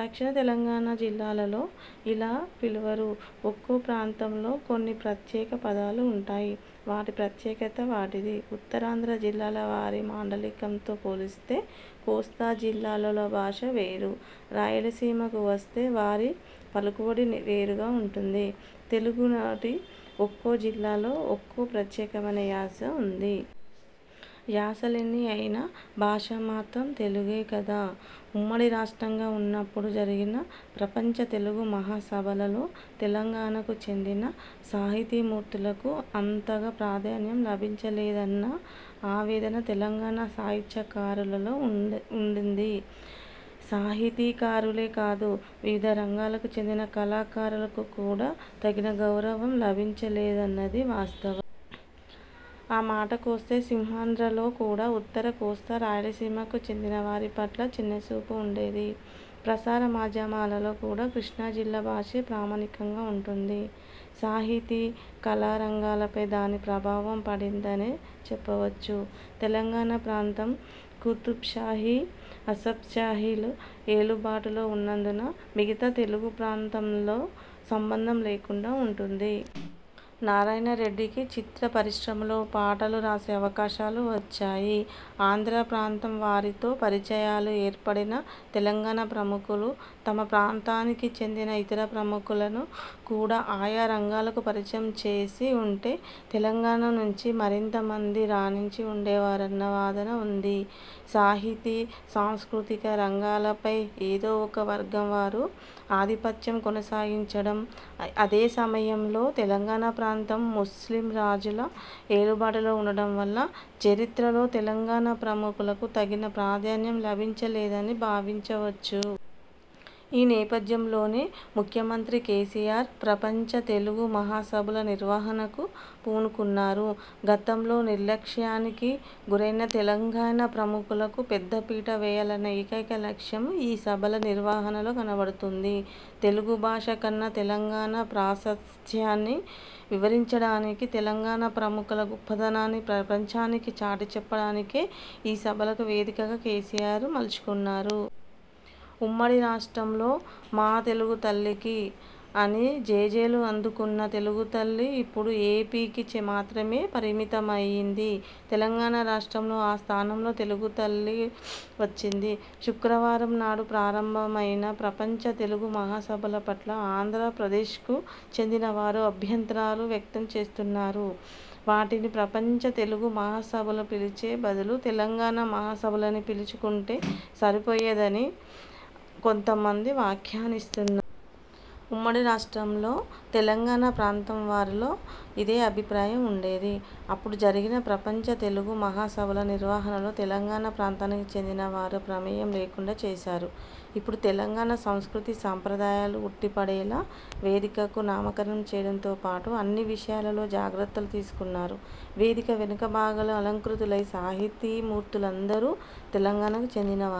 దక్షిణ తెలంగాణ జిల్లాలలో ఇలా పిలవరు. ఒక్కో ప్రాంతంలో కొన్ని ప్రత్యేక పదాలు ఉంటాయి. వాటి ప్రత్యేకత వాటిది! ఉత్తరాంధ్ర జిల్లాలవారి మాండలికంతో పోల్చితే కోస్తా జిల్లాలలో భాష వేరు! రాయలసీమకు వస్తే వారి పలుకుబడి వేరుగా ఉంటుంది. తెలుగునాట ఒక్కో జిల్లాలో ఒక్కో ప్రత్యేకమైన యాస ఉంది. యాసలెన్ని అయినా భాష మాత్రం తెలుగే కదా! ఉమ్మడి రాష్ట్రంగా ఉన్నప్పుడు జరిగిన ప్రపంచ తెలుగు మహాసభలలో తెలంగాణకు చెందిన సాహితీమూర్తులకు అంతగా ప్రాధాన్యం లభించలేదన్న ఆవేదన తెలంగాణ సాహిత్యకారులలో ఉండింది. సాహితీకారులే కాదు– వివిధ రంగాలకు చెందిన కళాకారులకు కూడా తగిన గౌరవం లభించలేదన్నది వాస్తవం! ఆ మాటకొస్తే సీమాంధ్రలో కూడా ఉత్తర కోస్తా, రాయలసీమకు చెందినవారి పట్ల చిన్నచూపు ఉండేది. ప్రసార మాధ్యమాలలో కూడా కృష్ణా జిల్లా భాషే ప్రామాణికంగా ఉంటోంది. సాహితీ, కళా రంగాలపై దాని ప్రభావం పడిందనే చెప్పవచ్చు. తెలంగాణ ప్రాంతం కుతుబ్షాహీ, అసఫ్జాహీల ఏలుబడిలో ఉన్నందున మిగతా తెలుగు ప్రాంతంతో సంబంధం లేకుండా ఉండింది. నారాయణరెడ్డికి చిత్ర పరిశ్రమలో పాటలు రాసే అవకాశాలు వచ్చాయి. ఆంధ్ర ప్రాంతంవారితో పరిచయాలు ఏర్పడిన తెలంగాణ ప్రముఖులు తమ ప్రాంతానికి చెందిన ఇతర ప్రముఖులను కూడా ఆయా రంగాలకు పరిచయం చేసి ఉంటే తెలంగాణ నుంచి మరింతమంది రాణించి ఉండేవారన్న వాదన ఉంది. సాహితీ, సాంస్కృతిక రంగాలపై ఏదో ఒక వర్గంవారి ఆధిపత్యం కొనసాగడం, అదే సమయంలో తెలంగాణ ప్రాంతం ముస్లిం రాజుల ఏలుబడిలో ఉండటం వల్ల చరిత్రలో తెలంగాణ ప్రముఖులకు తగిన ప్రాధాన్యం లభించలేదని భావించవచ్చు. ఈ నేపథ్యంలోనే ముఖ్యమంత్రి కేసీఆర్ ప్రపంచ తెలుగు మహాసభల నిర్వహణకు పూనుకున్నారు. గతంలో నిర్లక్ష్యానికి గురైన తెలంగాణ ప్రముఖులకు పెద్దపీట వేయాలన్న ఏకైక లక్ష్యం ఈ సభల నిర్వహణలో కనబడుతోంది. తెలుగు భాష కన్నా తెలంగాణ ప్రాశస్త్యాన్ని వివరించడానికి, తెలంగాణ ప్రముఖుల గొప్పదనాన్ని ప్రపంచానికి చాటిచెప్పడానికే ఈ సభలను వేదికగా కేసీఆర్ మలచుకున్నారు. ఉమ్మడి రాష్ట్రంలో 'మా తెలుగు తల్లికి' అని జేజేలు అందుకున్న తెలుగు తల్లి ఇప్పుడు ఏపీకి మాత్రమే పరిమితమయ్యింది. తెలంగాణ రాష్ట్రంలో ఆ స్థానంలో తెలంగాణ తల్లి వచ్చింది. శుక్రవారంనాడు ప్రారంభమైన ప్రపంచ తెలుగు మహాసభల పట్ల ఆంధ్రప్రదేశ్కు చెందినవారు అభ్యంతరాలు వ్యక్తంచేస్తున్నారు. వాటిని ప్రపంచ తెలుగు మహాసభలని పిలిచే బదులు తెలంగాణ మహాసభలని పిలుచుకుంటే సరిపోయేదిగా అని కొంతమంది వ్యాఖ్యానిస్తున్నారు. ఉమ్మడి రాష్ట్రంలో తెలంగాణ ప్రాంతంవారిలో ఇదే అభిప్రాయం ఉండేది. అప్పుడు జరిగిన ప్రపంచ తెలుగు మహాసభల నిర్వహణలో తెలంగాణ ప్రాంతానికి చెందినవారి ప్రమేయం లేకుండా చేశారు. ఇప్పుడు తెలంగాణ సంస్కృతీ, సంప్రదాయాలు ఉట్టిపడేలా వేదికలకు నామకరణం చేయడంతో పాటు అన్ని విషయాలలో। జాగ్రత్తలు తీసుకున్నారు. వేదిక వెనుక భాగంలో అలంకృతులైన సాహితీమూర్తులందరూ తెలంగాణకు చెందిన వారే!